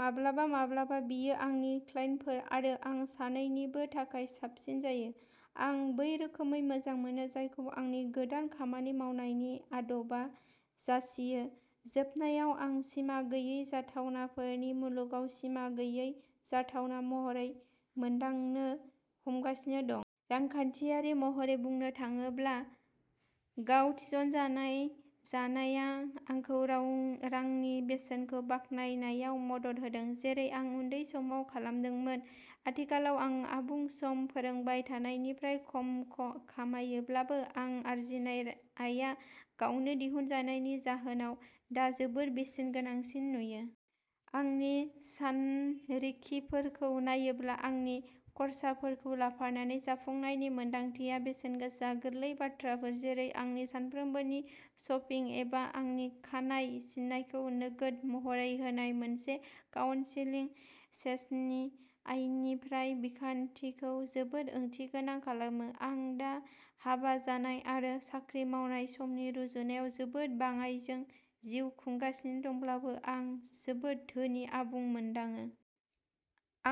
माब्लाबा माब्लाबा बियो आंनि क्लाइन्टफोर आरो आं सानैनिबो थाखाय साबसिन जायो। आं बै रोखोमखौ मोजां मोनो जायखौ आंनि गोदान खामानि मावनायनि आदबा जासियो। जोबनायाव आं सिमा गैयै जाथावनाफोरनि मुलुगाव सिमा गैयै जाथावना महरै मोनदांनो हमगासिनो दं। रांखान्थियारि महरै बुंनो थाङोब्ला, गाव थिस'नजानाय जानाया आंखौ रांनि बेसेनखौ बाखनायनायाव मदद होदों, जेरै आं उन्दै समाव खालामदोंमोन। आथिखालाव आं आबुं सम फोरोंबाय थानायनिफ्राय खम खामायोब्लाबो, आं आरजिनाय आयआ गावनो दिहुनजानायनि जाहोनाव दा जोबोद बेसेनगोनांसिन नुयो। आंनि सानरिखिफोरखौ नायोब्ला, आंनि खर्साफोरखौ लाफानानै जाफुंसारनायनि मोनदांथिया बेसेनगोसा। गोरलै बाथ्राफोर, जेरै आंनि सानफ्रोमबोनि शपिं एबा आंनि खानाय सिननायखौ नोगोद महरै होनाय, मोनसे काउन्सेलिं सेसननि आयनिफ्राय, बिखान्थिखौ जोबोद ओंथिगोनां खालामो। आं दा हाबा जानाय आरो साख्रि मावनाय समनि रुजुनायाव जोबोद बाङाइजों जिउ खुंगासिनो दंब्लाबो, आं जोबोद धोनि, आबुं मोनदाङो।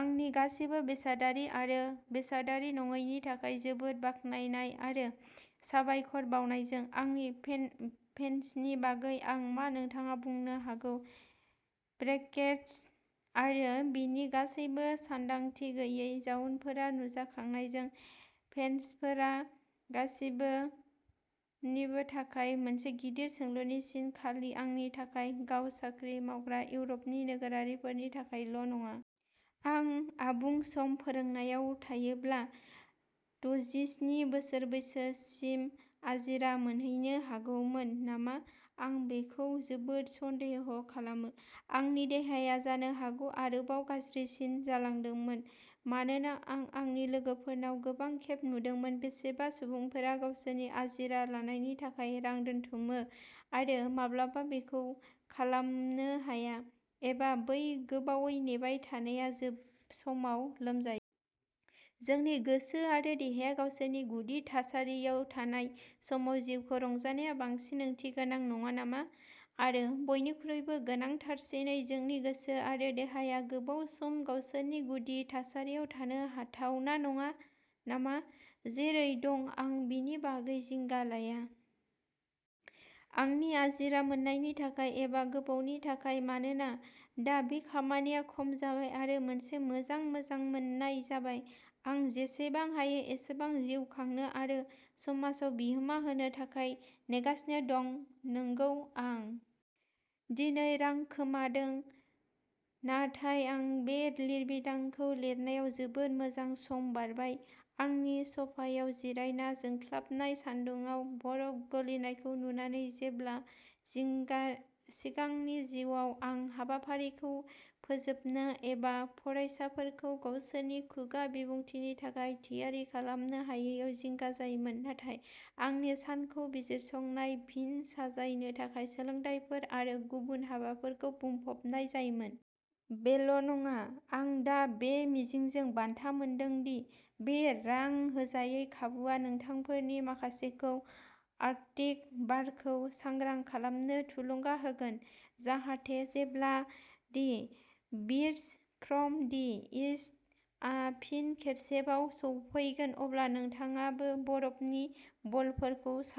आंनि गासिबो बेसादारि आरो बेसादारि नङैनि थाखाय जोबोद बाखनायनाय आरो साबायखर बावनायजों। आंनि पेन पेन्सननि बागै आं मा, नोंथाङा बुंनो हागौ? ब्रेकेड्स आरो बिनि गासैबो सानदांथि गैयै जाउनफोरा नुजाखांनायजों, पेन्सनफोरा गासिबोनि थाखाय मोनसे गिदिर सोंलुनि सिन, खालि आंनि बायदि गाव-साख्रि मावग्रा इउर'पनि नोगोरारिफोरनि थाखायल'नङा। आं आबुं-सम फोरोंनायाव थायोब्ला दजिस्नि बोसोर बैसोसिम आजिरा मोनहैनो हागौमोन नामा? आं बेखौ जोबोद सन्देह खालामो। आंनि देहाया जानो हागौ आरोबाव गाज्रिसिन जालांदोंमोन, मानोना आं आंनि लोगोफोरनाव गोबां खेब नुदोंमोन। बेसेबां सुबुंफोरा गावसोरनि आजिरा लानायनि थाखाय रां दोनथुमो आरो माब्लाबाबो बेखौ खालामनो हाया, एबा बै गोबावै नेबाय थानाया जोब समाव लोमजायो। जोंनि गोसो आरो देहाया गावसोरनि गुदि थासारियाव थानाय समाव जिउखौ रंजानाया बांसिन ओंथिगोनां नङा नामा? आरो बयनिख्रुइबो गोनांथारसिनै, जोंनि गोसो आरो देहाया गोबाव सम गावसोरनि गुदि थासारियाव थानो हाथावना नङा नामा? जेरै दं, आं बिनि बागै जिंगा लाया। आंनि आजिरा मोन्नायनि थाखाय एबा गोबावनि थाखाय। मानोना, दा बे खामानिया खम जाबाय आरो मोनसे मोजां मोजांमोननाय जाबाय, आं जेसेबां हायो एसेबां जिउ खांनो आरो समाजआव बिहोमा होनो थाखाय नेगासिनो दं। नोंगौ। आं दिनै रां खोमादों नाथाय आं बे लिरबिदांखौ लिरनायाव जोबोद मोजां सम बारबाय, आंनि स'फायाव जिरायना जोंख्लाबनाय सान्दुंआव बरफ गलिनायखौ नुनानै जेब्ला जिंगा सिगांनि जिउआव आं हाबाफारिखौ फोजोबनो एबा फरायसाफोरखौ गावसोरनि खुगा बिबुंथिनि थाखाय थियारि खालामनो हायैयाव जिंगा जायोमोन, आरो आंनि सानखौ बिजिरसंनाय, फिन साजायनो थाखाय सोलोंथायफोर आरो गुबुन हाबाफोरजों बुंफबनाय जायोमोन। बेल'नङा, आं दा बे मिजिंजों बान्था मोनदों दि बे रां होजायै खाबुआ नोंथांफोरनि माखासेखौ आर्कटिक बारखौ सांग्रां खालामनो थुलुंगा होगोन जाहाथे, जेब्ला "the beast from the east" आ फिन खेबसेबाव सौफैगोन, अब्ला नोंथाङाबो बरफनि बलफोरखौ सान।